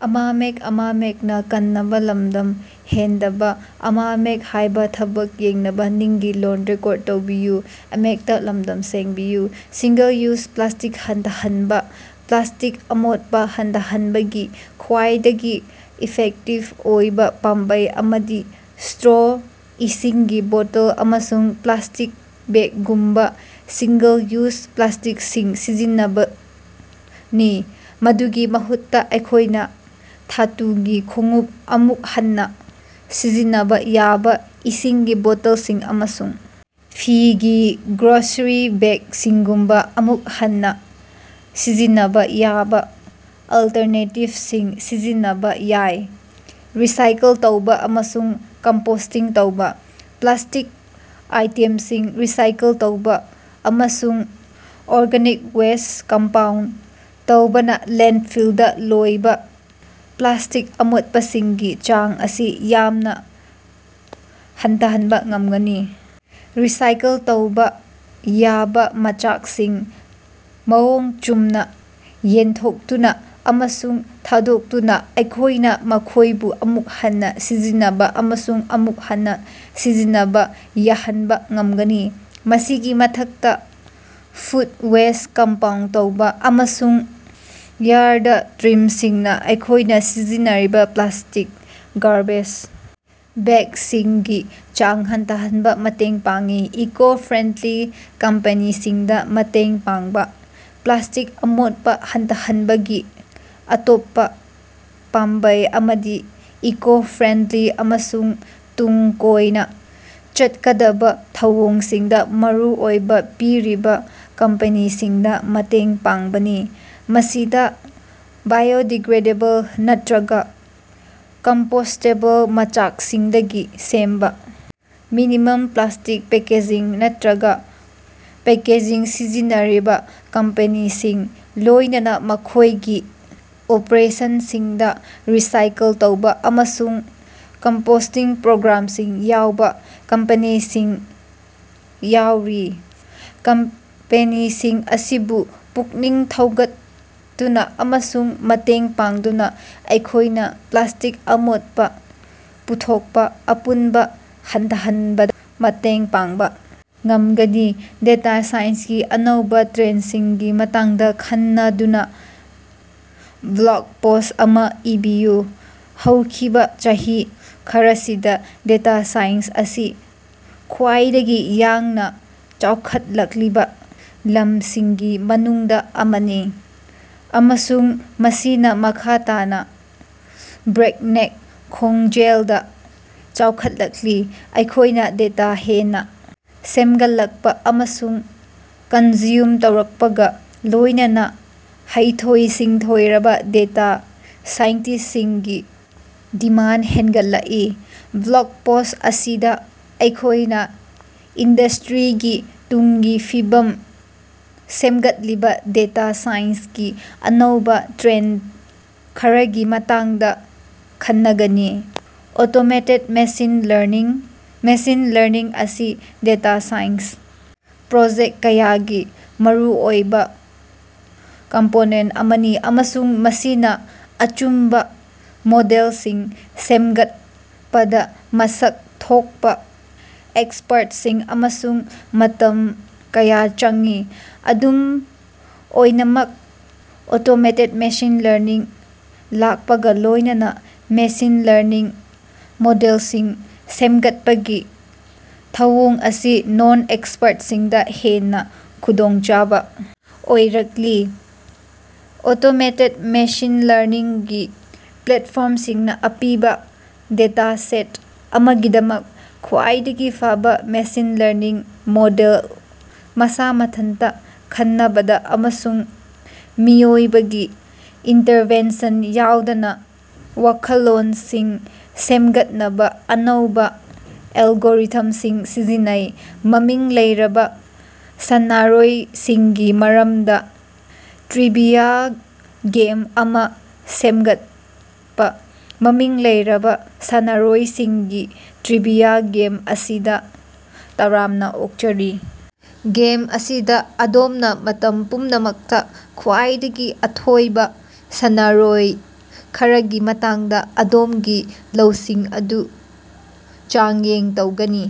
Single-use plastic ꯍꯟꯊꯍꯟꯕꯥ: plastic ꯑꯃꯣꯠꯄꯥ ꯍꯟꯊꯍꯟꯅꯕꯒꯤ ꯈ꯭ꯋꯥꯏꯗꯒꯤ ꯏꯐꯦꯛꯇꯤꯕ ꯑꯣꯏꯕ ꯄꯥꯝꯕꯩ ꯑꯃꯗꯤ ꯁ꯭ꯇꯔꯣ, ꯏꯁꯤꯡꯒꯤ ꯕꯣꯇꯜ, ꯑꯃꯁꯨꯡ ꯄ꯭ꯂꯥꯁ꯭ꯇꯤꯛ ꯕꯦꯒꯒꯨꯝꯕꯥ ꯁꯤꯡꯒꯜ ꯌꯨꯖ ꯄ꯭ꯂꯥꯁ꯭ꯇꯤꯛꯁꯤꯡ ꯁꯤꯖꯤꯟꯅꯕꯅꯤ꯫ ꯃꯗꯨꯒꯤ ꯃꯍꯨꯠꯇ ꯑꯩꯈꯣꯏꯅ ꯙꯥꯇꯨꯒꯤ ꯈꯣꯡꯎꯞ, ꯑꯃꯨꯛ ꯍꯟꯅ ꯁꯤꯖꯤꯟꯅꯕ ꯌꯥꯕ ꯏꯁꯤꯡꯒꯤ ꯕꯣꯇꯜꯁꯤꯡ, ꯑꯃꯁꯨꯡ ꯐꯤꯒꯤ ꯒ꯭ꯔꯣꯁꯔꯤ ꯕꯦꯒꯁꯤꯡꯒꯨꯝꯕ ꯑꯃꯨꯛ ꯍꯟꯅ ꯁꯤꯖꯤꯟꯅꯕ ꯌꯥꯕ ꯑꯜꯇꯔꯅꯦꯇꯤꯕꯁꯤꯡ ꯁꯤꯖꯤꯟꯅꯕ ꯌꯥꯏ꯫ ꯔꯤꯁꯥꯏꯀꯜ ꯇꯧꯕ ꯑꯃꯁꯨꯡ ꯀꯝꯄꯣꯁ꯭ꯇꯤꯡ ꯇꯧꯕ: ꯄ꯭ꯂꯥꯁ꯭ꯇꯤꯛ ꯑꯥꯏꯇꯦꯝꯁꯤꯡ ꯔꯤꯁꯥꯏꯀꯜ ꯇꯧꯕ ꯑꯃꯁꯨꯡ ꯑꯣꯔꯒꯥꯅꯤꯛ ꯋꯦꯁ꯭ꯠ ꯀꯝꯄꯣꯁ꯭ꯠ ꯇꯧꯕꯅ ꯂꯦꯟꯗꯐꯤꯜꯗꯥ ꯂꯣꯏꯕꯥ ꯄ꯭ꯂꯥꯁ꯭ꯇꯤꯛ ꯑꯃꯣꯠꯄꯁꯤꯡꯒꯤ ꯆꯥꯡ ꯑꯁꯤ ꯌꯥꯝꯅ ꯍꯟꯊꯍꯟꯕ ꯉꯃꯒꯅꯤ꯫ ꯔꯤꯁꯥꯏꯀꯜ ꯇꯧꯕ ꯌꯥꯕꯥ ꯃꯆꯥꯛꯁꯤꯡ ꯃꯑꯣꯡ ꯆꯨꯝꯅ ꯌꯦꯟꯊꯣꯛꯇꯨꯅ ꯑꯃꯁꯨꯡ ꯊꯥꯗꯣꯛꯇꯨꯅ ꯑꯩꯈꯣꯏꯅ ꯃꯈꯣꯏꯕꯨ ꯑꯃꯨꯛ ꯍꯟꯅ ꯁꯤꯖꯤꯟꯅꯕ ꯑꯃꯁꯨꯡ ꯑꯃꯨꯛ ꯍꯟꯅ ꯁꯤꯖꯤꯟꯅꯕ ꯌꯥꯍꯟꯕ ꯉꯝꯒꯅꯤ꯫ ꯃꯁꯤꯒꯤ ꯃꯊꯛꯇꯥ, ꯐꯨꯗ ꯋꯦꯁ꯭ꯠ ꯀꯝꯄꯣꯁ꯭ꯠ ꯇꯧꯕꯥ ꯑꯃꯁꯨꯡ ꯌꯥꯔꯗ ꯇ꯭ꯔꯤꯝꯁꯤꯡꯅ ꯑꯩꯈꯣꯏꯅ ꯁꯤꯖꯤꯟꯅꯔꯤꯕ ꯄ꯭ꯂꯥꯁꯇꯤꯛ ꯒꯥꯔꯕꯦꯖ ꯕꯦꯒꯁꯤꯡꯒꯤ ꯆꯥꯡ ꯍꯟꯊꯍꯟꯕ ꯃꯇꯦꯡ ꯄꯥꯡꯏ꯫ ꯏꯀꯣ-ꯐ꯭ꯔꯦꯟꯗꯂꯤ ꯀꯝꯄꯦꯅꯤꯁꯤꯡꯗ ꯃꯇꯦꯡ ꯄꯥꯡꯕꯥ: ꯄ꯭ꯂꯥꯁꯇꯤꯛ ꯑꯃꯣꯠꯄꯥ ꯍꯟꯊꯍꯟꯅꯕꯒꯤ ꯑꯇꯣꯞꯄꯥ ꯄꯥꯝꯕꯩ ꯑꯃꯗꯤ ꯏꯀꯣ-ꯐ꯭ꯔꯦꯟꯗꯂꯤ ꯑꯃꯁꯨꯡ ꯇꯨꯡ ꯀꯣꯏꯅ ꯆꯠꯀꯗꯕꯥ ꯊꯧꯑꯣꯡꯁꯤꯡꯗ ꯃꯔꯨ ꯑꯣꯏꯕ ꯄꯤꯔꯤꯕꯥ ꯀꯝꯄꯦꯅꯤꯁꯤꯡꯗꯥ ꯃꯇꯦꯡ ꯄꯥꯡꯕꯅꯤ꯫ ꯃꯁꯤꯗ ꯕꯥꯏꯑꯣꯗꯤꯒ꯭ꯔꯦꯗꯦꯕꯜ ꯅꯠꯇꯔꯒ ꯀꯝꯄꯣꯁ꯭ꯇꯦꯕꯜ ꯃꯆꯥꯛꯁꯤꯡꯗꯒꯤ ꯁꯦꯝꯕ ꯃꯤꯅꯤꯃꯝ ꯄ꯭ꯂꯥꯁꯇꯤꯛ ꯄꯦꯀꯦꯖꯤꯡ ꯅꯠꯇꯔꯒ ꯄꯦꯀꯦꯖꯤꯡ ꯁꯤꯖꯤꯟꯅꯔꯤꯕꯥ ꯀꯝꯄꯦꯅꯤꯁꯤꯡ, ꯂꯣꯏꯅꯅꯥ ꯃꯈꯣꯏꯒꯤ ꯑꯣꯄꯔꯦꯁꯟꯁꯤꯡꯗ ꯔꯤꯁꯥꯏꯀꯜ ꯇꯧꯕ ꯑꯃꯁꯨꯡ ꯀꯝꯄꯣꯁꯇꯤꯡ ꯄ꯭ꯔꯣꯒ꯭ꯔꯥꯝꯁꯤꯡ ꯌꯥꯎꯕ ꯀꯝꯄꯦꯅꯤꯁꯤꯡ ꯌꯥꯎꯔꯤ꯫ ꯀꯝꯄꯦꯅꯤꯁꯤꯡ ꯑꯁꯤꯕꯨ ꯄꯨꯛꯅꯤꯡ ꯊꯧꯒꯠꯇꯨꯅ ꯑꯃꯁꯨꯡ ꯃꯇꯦꯡ ꯄꯥꯡꯗꯨꯅ ꯑꯩꯈꯣꯏꯅꯥ ꯄ꯭ꯂꯥꯁꯇꯤꯛ ꯑꯃꯣꯠꯄꯥ ꯄꯨꯊꯣꯛꯄ ꯑꯄꯨꯟꯕ ꯍꯟꯊꯍꯟꯕꯗꯥ ꯃꯇꯦꯡ ꯄꯥꯡꯕ ꯉꯝꯒꯅꯤ꯫ ꯗꯦꯇꯥ ꯁꯥꯏꯟꯁꯀꯤ ꯑꯅꯧꯕꯥ ꯇ꯭ꯔꯦꯟꯗꯁꯤꯡꯒꯤ ꯃꯇꯥꯡꯗ ꯈꯟꯅꯗꯨꯅ ꯕ꯭ꯂꯣꯒ ꯄꯣꯁ꯭ꯠ ꯑꯃꯥ ꯏꯕꯤꯌꯨ꯫ ꯍꯧꯈꯤꯕꯥ ꯆꯍꯤ ꯈꯔꯁꯤꯗꯥ ꯗꯦꯇꯥ ꯁꯥꯏꯟꯁ ꯑꯁꯤ ꯈ꯭ꯋꯥꯏꯗꯒꯤ ꯌꯥꯡꯅ ꯆꯥꯎꯈꯠꯂꯛꯂꯤꯕꯥ ꯂꯝꯁꯤꯡꯒꯤ ꯃꯅꯨꯡꯗꯥ ꯑꯃꯅꯤ, ꯑꯃꯁꯨꯡ ꯃꯁꯤꯅꯥ ꯃꯈꯥ ꯇꯥꯅꯥ ꯕ꯭ꯔꯦꯛꯅꯦꯛ ꯈꯣꯡꯖꯦꯜꯗ ꯆꯥꯎꯈꯠꯂꯛꯂꯤ꯫ ꯑꯩꯈꯣꯏꯅ ꯗꯦꯇꯥ ꯍꯦꯟꯅꯥ ꯁꯦꯝꯒꯠꯂꯛꯄꯥ ꯑꯃꯁꯨꯡ ꯀꯟꯖ꯭ꯌꯨꯝ ꯇꯧꯔꯛꯄꯒ ꯂꯣꯏꯅꯅꯥ ꯍꯩꯊꯣꯏ-ꯁꯤꯡꯊꯣꯏꯔꯕ ꯗꯦꯇꯥ ꯁꯥꯏꯟꯇꯤꯁ꯭ꯁꯤꯡꯒꯤ ꯗꯤꯃꯥꯟꯗ ꯍ‌ꯦꯟꯒꯠꯂꯛꯏ꯫ ꯕ꯭ꯂꯣꯒ ꯄꯣꯁ꯭ꯠ ꯑꯁꯤꯗ ꯑꯩꯈꯣꯏꯅꯥ ꯏꯟꯗꯁ꯭ꯇꯔꯤꯒꯤ ꯇꯨꯡꯒꯤ ꯐꯤꯕꯝ ꯁꯦꯝꯒꯠꯂꯤꯕꯥ ꯗꯦꯇꯥ ꯁꯥꯏꯟꯁꯀꯤ ꯑꯅꯧꯕꯥ ꯇ꯭ꯔꯦꯟꯗ ꯈꯔꯒꯤ ꯃꯇꯥꯡꯗꯥ ꯈꯟꯅꯒꯅꯤ꯫ Automated machine learning: machine learning ꯑꯁꯤ ꯗꯦꯇꯥ ꯁꯥꯏꯟꯁ ꯄ꯭ꯔꯣꯖꯦꯛ ꯀꯌꯥꯒꯤ ꯃꯔꯨꯑꯣꯏꯕ ꯀꯝꯄꯣꯅꯦꯟꯇ ꯑꯃꯅꯤ, ꯑꯃꯁꯨꯡ ꯃꯁꯤꯅ ꯑꯆꯨꯝꯕꯥ ꯃꯣꯗꯦꯜꯁꯤꯡ ꯁꯦꯝꯒꯠꯄꯗ ꯃꯁꯛ ꯊꯣꯛꯄꯥ ꯑꯦꯛꯁꯄꯔꯠꯁꯤꯡ ꯑꯃꯁꯨꯡ ꯃꯇꯝ ꯀꯌꯥ ꯆꯪꯏ꯫ ꯑꯗꯨꯝ ꯑꯣꯏꯅꯃꯛ ꯑꯣꯇꯣꯃꯦꯇꯦꯗ ꯃꯦꯁꯤꯟ ꯂꯔꯅꯤꯡ ꯂꯥꯛꯄꯒꯥ ꯂꯣꯏꯅꯅꯥ ꯃꯦꯁꯤꯟ ꯂꯔꯅꯤꯡ ꯃꯣꯗꯦꯜꯁꯤꯡ ꯁꯦꯝꯒꯠꯄꯒꯤ ꯊꯧꯑꯣꯡ ꯑꯁꯤ ꯅꯟ-ꯑꯦꯛꯁꯄꯔꯠꯁꯤꯡꯗꯥ ꯍꯦꯟꯅ ꯈꯨꯗꯣꯡꯆꯥꯕ ꯑꯣꯏꯔꯛꯂꯤ꯫ ꯑꯣꯇꯣꯃꯦꯇꯦꯗ ꯃꯦꯁꯤꯟ ꯂꯔꯅꯤꯡꯒꯤ ꯄ꯭ꯂꯦꯠꯐꯣꯔꯝꯁꯤꯡꯅ ꯑꯄꯤꯕꯥ ꯗꯦꯇꯥꯁꯦꯠ ꯑꯃꯒꯤꯗꯃꯛ ꯈ꯭ꯋꯥꯏꯗꯒꯤ ꯐꯕꯥ ꯃꯦꯁꯤꯟ ꯂꯔꯅꯤꯡ ꯃꯣꯗꯦꯜ ꯃꯁꯥ ꯃꯊꯟꯇꯥ ꯈꯟꯕꯗꯥ ꯑꯃꯁꯨꯡ ꯃꯤꯑꯣꯏꯕꯒꯤ ꯏꯟꯇꯔꯚꯦꯟꯁꯟ ꯌꯥꯎꯗꯅꯥ ꯋꯥꯈꯜꯂꯣꯟꯁꯤꯡ ꯁꯦꯝꯒꯠꯅꯕ ꯑꯅꯧꯕꯥ ꯑꯦꯜꯒꯣꯔꯤꯊꯝꯁꯤꯡ ꯁꯤꯖꯤꯟꯅꯩ꯫ ꯃꯃꯤꯡ ꯂꯩꯔꯕ ꯁꯥꯟꯅꯔꯣꯏꯁꯤꯡꯒꯤ ꯃꯔꯝꯗꯥ ꯇ꯭ꯔꯤꯕꯤꯌꯥ ꯒꯦꯝ ꯑꯃꯥ ꯁꯦꯝꯒꯠꯄꯥ꯫ ꯃꯃꯤꯡ ꯂꯩꯔꯕꯥ ꯁꯥꯟꯅꯔꯣꯏꯁꯤꯡꯒꯤ ꯇ꯭ꯔꯤꯕꯤꯌꯥ ꯒꯦꯝ ꯑꯁꯤꯗꯥ ꯇꯔꯥꯝꯅꯥ ꯑꯣꯛꯆꯔꯤ ꯒꯦꯝ ꯑꯁꯤꯗꯥ ꯑꯗꯣꯝꯅ ꯃꯇꯝ ꯄꯨꯝꯅꯃꯛꯇꯥ ꯈ꯭ꯋꯥꯏꯗꯒꯤ ꯑꯊꯣꯏꯕ ꯁꯥꯟꯅꯔꯣꯏ ꯈꯔꯒꯤ ꯃꯇꯥꯡꯗꯥ ꯑꯗꯣꯝꯒꯤ ꯂꯧꯁꯤꯡ ꯑꯗꯨ ꯆꯥꯡꯌꯦꯡ ꯇꯧꯒꯅꯤ꯫